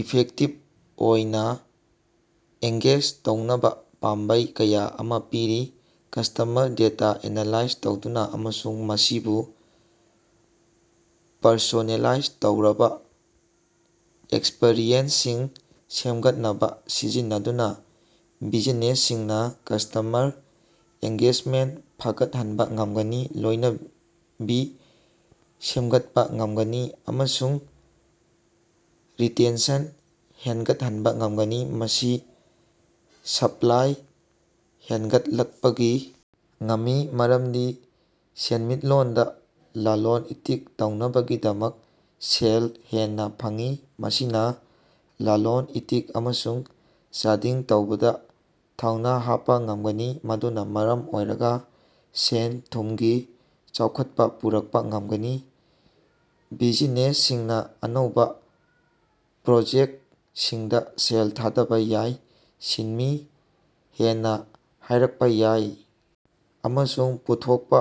Effective ꯑꯣꯏꯅ engage ꯇꯧꯅꯕ ꯄꯥꯝꯕꯩ ꯀꯌꯥ ꯑꯃ ꯄꯤꯔꯤ꯫ ꯀꯁ꯭ꯇꯃꯔ ꯗꯦꯇꯥ ꯑꯦꯅꯥꯂꯥꯏꯖ ꯇꯧꯗꯨꯅ ꯑꯃꯁꯨꯡ ꯃꯁꯤꯕꯨ ꯄꯔꯁꯣꯅꯦꯂꯥꯏꯖ ꯇꯧꯔꯕ ꯑꯦꯛꯁꯄꯤꯔꯤꯑꯦꯟꯁꯁꯤꯡ ꯁꯦꯝꯒꯠꯅꯕ ꯁꯤꯖꯤꯟꯅꯗꯨꯅ ꯕꯤꯖꯤꯅꯦꯁꯁꯤꯡꯅ ꯀꯁ꯭ꯇꯃꯔ ꯑꯦꯡꯒꯦꯖꯃꯦꯟꯇ ꯐꯒꯠꯍꯟꯕ ꯉꯝꯒꯅꯤ꯫ꯂꯣꯅꯕꯤ ꯁꯦꯝꯒꯠꯄ ꯉꯝꯒꯅꯤ ꯑꯃꯁꯨꯡ ꯔꯤꯇꯦꯟꯁꯟ ꯍꯦꯟꯒꯠꯍꯟꯕ ꯉꯝꯒꯅꯤ꯫ ꯃꯅꯤ ꯁꯞꯂꯥꯏ ꯍꯦꯟꯒꯠꯂꯛꯄꯒꯤ ꯉꯝꯃꯤ, ꯃꯔꯝꯗꯤ ꯁꯦꯟꯃꯤꯠꯂꯣꯟꯗ ꯂꯂꯣꯟ-ꯏꯇꯤꯛ ꯇꯧꯅꯕꯒꯤꯗꯃꯛ ꯁꯦꯜ ꯍꯦꯟꯅ ꯐꯪꯏ꯫ ꯃꯁꯤꯅ ꯂꯂꯣꯟ-ꯏꯇꯤꯛ ꯑꯃꯁꯨꯡ ꯆꯥꯗꯤꯡ ꯇꯧꯕꯗ ꯊꯧꯅ ꯍꯥꯞꯄ ꯉꯝꯒꯅꯤ꯫ ꯃꯗꯨꯅ ꯃꯔꯝ ꯑꯣꯏꯔꯒ ꯁꯦꯟ-ꯊꯨꯝꯒꯤ ꯆꯥꯎꯈꯠꯄ ꯄꯨꯔꯛꯄ ꯉꯝꯒꯅꯤ꯫ ꯕꯤꯖꯤꯅꯦꯁꯁꯤꯡꯅ ꯑꯅꯧꯕ ꯄ꯭ꯔꯣꯖꯦꯛꯇꯁꯤꯡꯗ ꯁꯦꯜ ꯊꯥꯗꯕ ꯌꯥꯏ꯫ ꯁꯤꯟꯃꯤ ꯍꯦꯟꯅ ꯍꯥꯏꯔꯛꯄ ꯌꯥꯏ ꯑꯃꯁꯨꯡ ꯄꯨꯊꯣꯛꯄ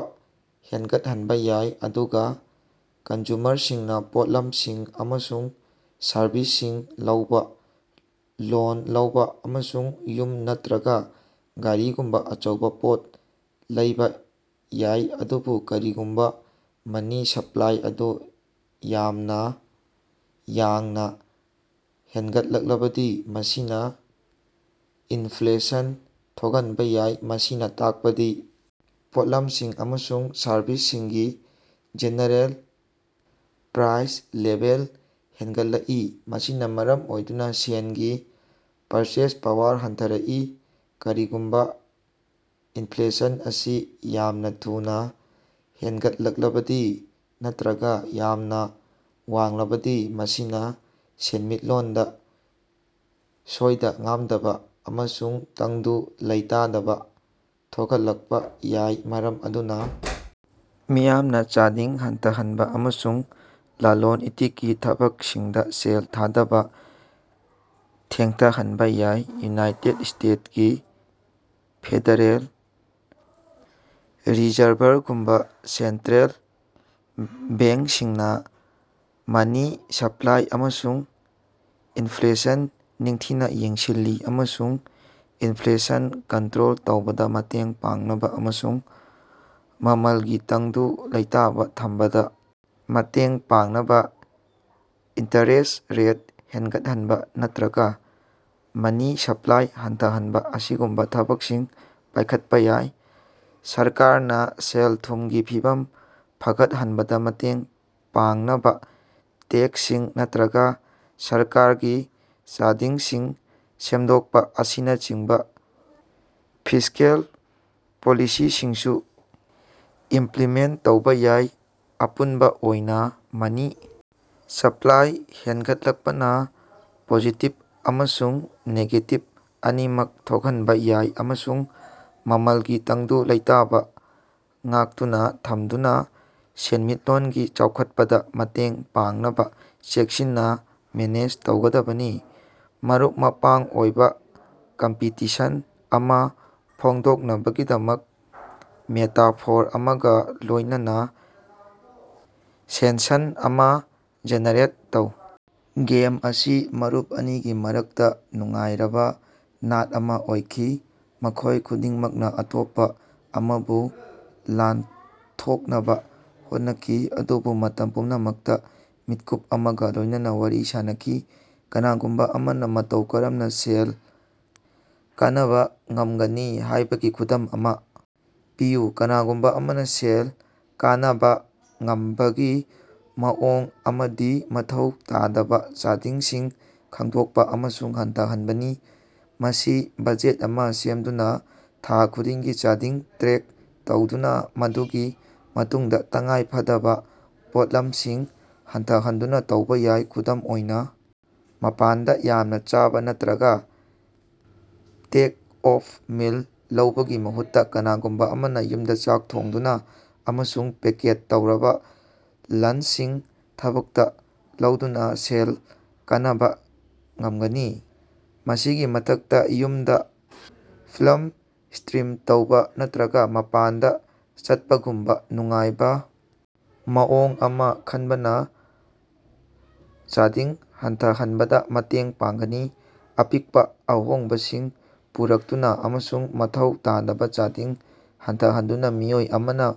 ꯍꯦꯟꯒꯠꯍꯟꯕ ꯌꯥꯏ, ꯑꯗꯨꯒ ꯀꯟꯖꯨꯃꯔꯁꯤꯡꯅ ꯄꯣꯠꯂꯝꯁꯤꯡ ꯑꯃꯁꯨꯡ ꯁꯔꯕꯤꯁꯁꯤꯡ ꯂꯧꯕ, ꯂꯣꯟ ꯂꯧꯕ, ꯑꯃꯁꯨꯡ ꯌꯨꯝ ꯅꯠꯇꯔꯒ ꯒꯥꯔꯤꯒꯨꯝꯕ ꯑꯆꯧꯕ ꯄꯣꯠ ꯂꯩꯕ ꯌꯥꯏ꯫ ꯑꯗꯨꯕꯨ ꯀꯔꯤꯒꯨꯝꯕ ꯃꯅꯤ ꯁꯞꯂꯥꯏ ꯑꯗꯣ ꯌꯥꯝꯅ ꯌꯥꯡꯅ ꯍꯦꯟꯒꯠꯂꯛꯂꯕꯗꯤ ꯃꯁꯤꯅ ꯏꯅꯐ꯭ꯂꯦꯁꯟ ꯊꯣꯛꯍꯟꯕ ꯌꯥꯏ꯫ ꯃꯁꯤꯅ ꯇꯥꯛꯄꯗꯤ ꯄꯣꯠꯂꯝꯁꯤꯡ ꯑꯃꯁꯨꯡ ꯁꯔꯕꯤꯁꯁꯤꯡꯒꯤ ꯖꯦꯅꯦꯔꯦꯜ ꯄ꯭ꯔꯥꯏꯁ ꯂꯦꯚꯦꯜ ꯍꯦꯟꯒꯠꯂꯛꯏ, ꯃꯁꯤꯅ ꯃꯔꯝ ꯑꯣꯏꯗꯨꯅ ꯁꯦꯟꯒꯤ ꯄꯔꯆꯦꯖ ꯄꯋꯥꯔ ꯍꯟꯊꯔꯛꯏ꯫ ꯀꯔꯤꯒꯨꯝꯕ ꯏꯟꯐ꯭ꯂꯦꯁꯟ ꯑꯁꯤ ꯌꯥꯝꯅ ꯊꯨꯅ ꯍꯦꯟꯒꯠꯂꯛꯂꯕꯗꯤ ꯅꯠꯇꯔꯒ ꯌꯥꯝꯅ ꯋꯥꯡꯂꯕꯗꯤ ꯃꯁꯤꯅ ꯁꯦꯟꯃꯤꯠꯂꯣꯟꯗ ꯁꯣꯏꯗ-ꯉꯥꯝꯗꯕ ꯑꯃꯁꯨꯡ ꯇꯪꯗꯨ ꯂꯩꯇꯥꯗꯕ ꯊꯣꯛꯍꯜꯂꯛꯄ ꯌꯥꯏ, ꯃꯔꯝ ꯑꯗꯨꯅ ꯃꯤꯌꯥꯝꯅ ꯆꯥꯗꯤꯡ ꯍꯟꯊꯍꯟꯕ ꯑꯃꯁꯨꯡ ꯂꯂꯣꯟ-ꯏꯇꯤꯛꯀꯤ ꯊꯕꯛꯁꯤꯡꯗ ꯁꯦꯜ ꯊꯥꯗꯕ ꯊꯦꯡꯊꯍꯟꯕ ꯌꯥꯏ꯫ ꯌꯨꯅꯥꯏꯇꯦꯗ ꯁ꯭ꯇꯦꯇꯁꯀꯤ ꯐꯦꯗꯔꯦꯜ ꯔꯤꯖꯔꯚꯔꯒꯨꯝꯕ ꯁꯦꯟꯇꯔꯦꯜ ꯕꯦꯡꯁꯤꯡꯅꯥ ꯃꯅꯤ ꯁꯞꯂꯥꯏ ꯑꯃꯁꯨꯡ ꯏꯟꯐ꯭ꯂꯦꯁꯟ ꯅꯤꯡꯊꯤꯅ ꯌꯦꯡꯁꯤꯜꯂꯤ ꯑꯃꯁꯨꯡ ꯏꯟꯐ꯭ꯂꯦꯁꯟ ꯀꯟꯇꯔꯣꯜ ꯇꯧꯕꯗ ꯃꯇꯦꯡ ꯄꯥꯡꯅꯕ ꯑꯃꯁꯨꯡ ꯃꯃꯜꯒꯤ ꯇꯪꯗꯨ ꯂꯩꯇꯥꯕ ꯊꯝꯕꯗ ꯃꯇꯦꯡ ꯄꯥꯡꯅꯕ ꯏꯟꯇꯔꯦꯁ꯭ꯠ ꯔꯦꯠ ꯍꯦꯟꯒꯠꯍꯟꯕ ꯅꯠꯇꯔꯒ ꯃꯅꯤ ꯁꯞꯂꯥꯏ ꯍꯟꯊꯍꯟꯕ ꯑꯁꯤꯒꯨꯝꯕ ꯊꯕꯛꯁꯤꯡ ꯄꯥꯏꯈꯠꯄ ꯌꯥꯏ꯫ ꯁꯔꯀꯥꯔꯅ ꯁꯦꯜ-ꯊꯨꯝꯒꯤ ꯐꯤꯕꯝ ꯐꯒꯠꯍꯟꯕꯗ ꯃꯇꯦꯡ ꯄꯥꯡꯅꯕꯥ ꯇꯦꯛꯁꯁꯤꯡ ꯅꯠꯇꯔꯒ ꯁꯔꯀꯥꯔꯒꯤ ꯆꯥꯗꯤꯡꯁꯤꯡ ꯁꯦꯝꯗꯣꯛꯄ ꯑꯁꯤꯅꯆꯤꯡꯕ ꯐꯤꯁ꯭ꯀꯦꯜ ꯄꯣꯂꯤꯁꯤꯁꯤꯡꯁꯨ ꯏꯃꯞꯂꯤꯃꯦꯟꯇ ꯇꯧꯕ ꯌꯥꯏ꯫ ꯑꯄꯨꯟꯕ ꯑꯣꯏꯅ, ꯃꯅꯤ ꯁꯞꯂꯥꯏ ꯍꯦꯟꯒꯠꯂꯛꯄꯅ ꯄꯣꯖꯤꯇꯤꯚ ꯑꯃꯁꯨꯡ ꯅꯦꯒꯦꯇꯤꯚ ꯑꯅꯤꯃꯛ ꯊꯣꯛꯍꯟꯕ ꯌꯥꯏ, ꯑꯃꯁꯨꯡ ꯃꯃꯜꯒꯤ ꯇꯪꯗꯨ ꯂꯩꯇꯥꯕ ꯉꯥꯛꯇꯨꯅ ꯊꯝꯗꯨꯅ ꯁꯦꯟꯃꯤꯠꯂꯣꯟꯒꯤ ꯆꯥꯎꯈꯠꯄꯗ ꯃꯇꯦꯡ ꯄꯥꯡꯅꯕ ꯆꯦꯛꯁꯤꯟꯅ ꯃꯦꯅꯦꯖ ꯇꯧꯒꯗꯕꯅꯤ꯫ ꯃꯔꯨꯞ-ꯃꯄꯥꯡ ꯑꯣꯏꯕ ꯀꯝꯄꯤꯇꯤꯁꯟ ꯑꯃ ꯐꯣꯡꯗꯣꯛꯅꯕꯒꯤꯗꯃꯛ ꯃꯦꯇꯥꯐꯣꯔ ꯑꯃꯒ ꯂꯣꯏꯅꯅ ꯁꯦꯟꯁꯟ ꯑꯃꯥ ꯖꯦꯅꯦꯔꯦꯠ ꯇꯧ꯫ ꯒꯦꯝ ꯑꯁꯤ ꯃꯔꯨꯞ ꯑꯅꯤꯒꯤ ꯃꯔꯛꯇ ꯅꯨꯡꯉꯥꯏꯔꯕ ꯅꯥꯠ ꯑꯃ ꯑꯣꯏꯈꯤ꯫ ꯃꯈꯣꯏ ꯈꯨꯗꯤꯡꯃꯛꯅ ꯑꯇꯣꯞꯄ ꯑꯃꯕꯨ ꯂꯥꯟꯊꯣꯛꯅꯕ ꯍꯣꯠꯅꯈꯤ, ꯑꯗꯨꯕꯨ ꯃꯇꯝ ꯄꯨꯝꯅꯃꯛꯇ ꯃꯤꯠꯀꯨꯞ ꯑꯃꯒ ꯂꯣꯏꯅꯅ ꯋꯥꯔꯤ ꯁꯥꯅꯈꯤ꯫ ꯀꯅꯥꯒꯨꯝꯕ ꯑꯃꯅ ꯃꯇꯧ ꯀꯔꯝꯅ ꯁꯦꯜ ꯀꯥꯅꯕ ꯉꯝꯒꯅꯤ ꯍꯥꯏꯕꯒꯤ ꯈꯨꯗꯝ ꯑꯃ ꯄꯤꯌꯨ꯫ ꯀꯅꯥꯒꯨꯝꯕ ꯑꯃꯅ ꯁꯦꯜ ꯀꯥꯅꯕ ꯉꯝꯕꯒꯤ ꯃꯑꯣꯡ ꯑꯃꯗꯤ ꯃꯊꯧ ꯇꯥꯗꯕ ꯆꯥꯗꯤꯡꯁꯤꯡ ꯈꯪꯗꯣꯛꯄ ꯑꯃꯁꯨꯡ ꯍꯟꯊꯍꯟꯕꯅꯤ꯫ ꯃꯁꯤ ꯕꯖꯦꯠ ꯑꯃ ꯁꯦꯝꯗꯨꯅ, ꯊꯥ ꯈꯨꯗꯤꯡꯒꯤ ꯆꯥꯗꯤꯡ ꯇ꯭ꯔꯦꯛ ꯇꯧꯗꯨꯅ, ꯃꯗꯨꯒꯤ ꯃꯇꯨꯡꯗ ꯇꯉꯥꯏꯐꯗꯕ ꯄꯣꯠꯂꯝꯁꯤꯡ ꯍꯟꯊꯍꯟꯗꯨꯅ ꯇꯧꯕ ꯌꯥꯏ꯫ ꯈꯨꯗꯝ ꯑꯣꯏꯅ, ꯃꯄꯥꯟꯗ ꯌꯥꯝꯅ ꯆꯥꯕ ꯅꯠꯇꯔꯒ ꯇꯦꯛ-ꯑꯣꯐ ꯃꯤꯜ ꯂꯧꯕꯒꯤ ꯃꯍꯨꯠꯇ, ꯀꯅꯥꯒꯨꯝꯕ ꯑꯃꯅ ꯌꯨꯝꯗ ꯆꯥꯛ ꯊꯣꯡꯗꯨꯅ ꯑꯃꯁꯨꯡ ꯄꯦꯀꯦꯠ ꯇꯧꯔꯕ ꯂꯟꯆꯁꯤꯡ ꯊꯕꯛꯇ ꯂꯧꯗꯨꯅ ꯁꯦꯜ ꯀꯥꯅꯕ ꯉꯝꯒꯅꯤ꯫ ꯃꯁꯤꯒꯤ ꯃꯊꯛꯇ, ꯌꯨꯝꯗ ꯐꯤꯜꯂꯝ ꯁ꯭ꯠꯔꯤꯝ ꯇꯧꯕ ꯅꯠꯇꯔꯒ ꯃꯄꯥꯟꯗ ꯆꯠꯄꯒꯨꯝꯕ ꯅꯨꯡꯉꯥꯏꯕ ꯃꯑꯣꯡ ꯑꯃ ꯈꯟꯕꯅ ꯆꯥꯗꯤꯡ ꯍꯟꯊꯍꯟꯕꯗ ꯃꯇꯦꯡ ꯄꯥꯡꯒꯅꯤ꯫ ꯑꯄꯤꯛꯄ ꯑꯍꯣꯡꯕꯁꯤꯡ ꯄꯨꯔꯛꯇꯨꯅ ꯑꯃꯁꯨꯡ ꯃꯊꯧ ꯇꯥꯗꯕ ꯆꯥꯗꯤꯡ ꯍꯟꯊꯍꯟꯗꯨꯅ ꯃꯤꯑꯣꯏ ꯑꯃꯅ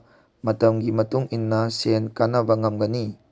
ꯃꯇꯝꯒꯤ ꯃꯇꯨꯡ ꯏꯟꯅ ꯁꯦꯟ ꯀꯥꯅꯕ ꯉꯝꯒꯅꯤ꯫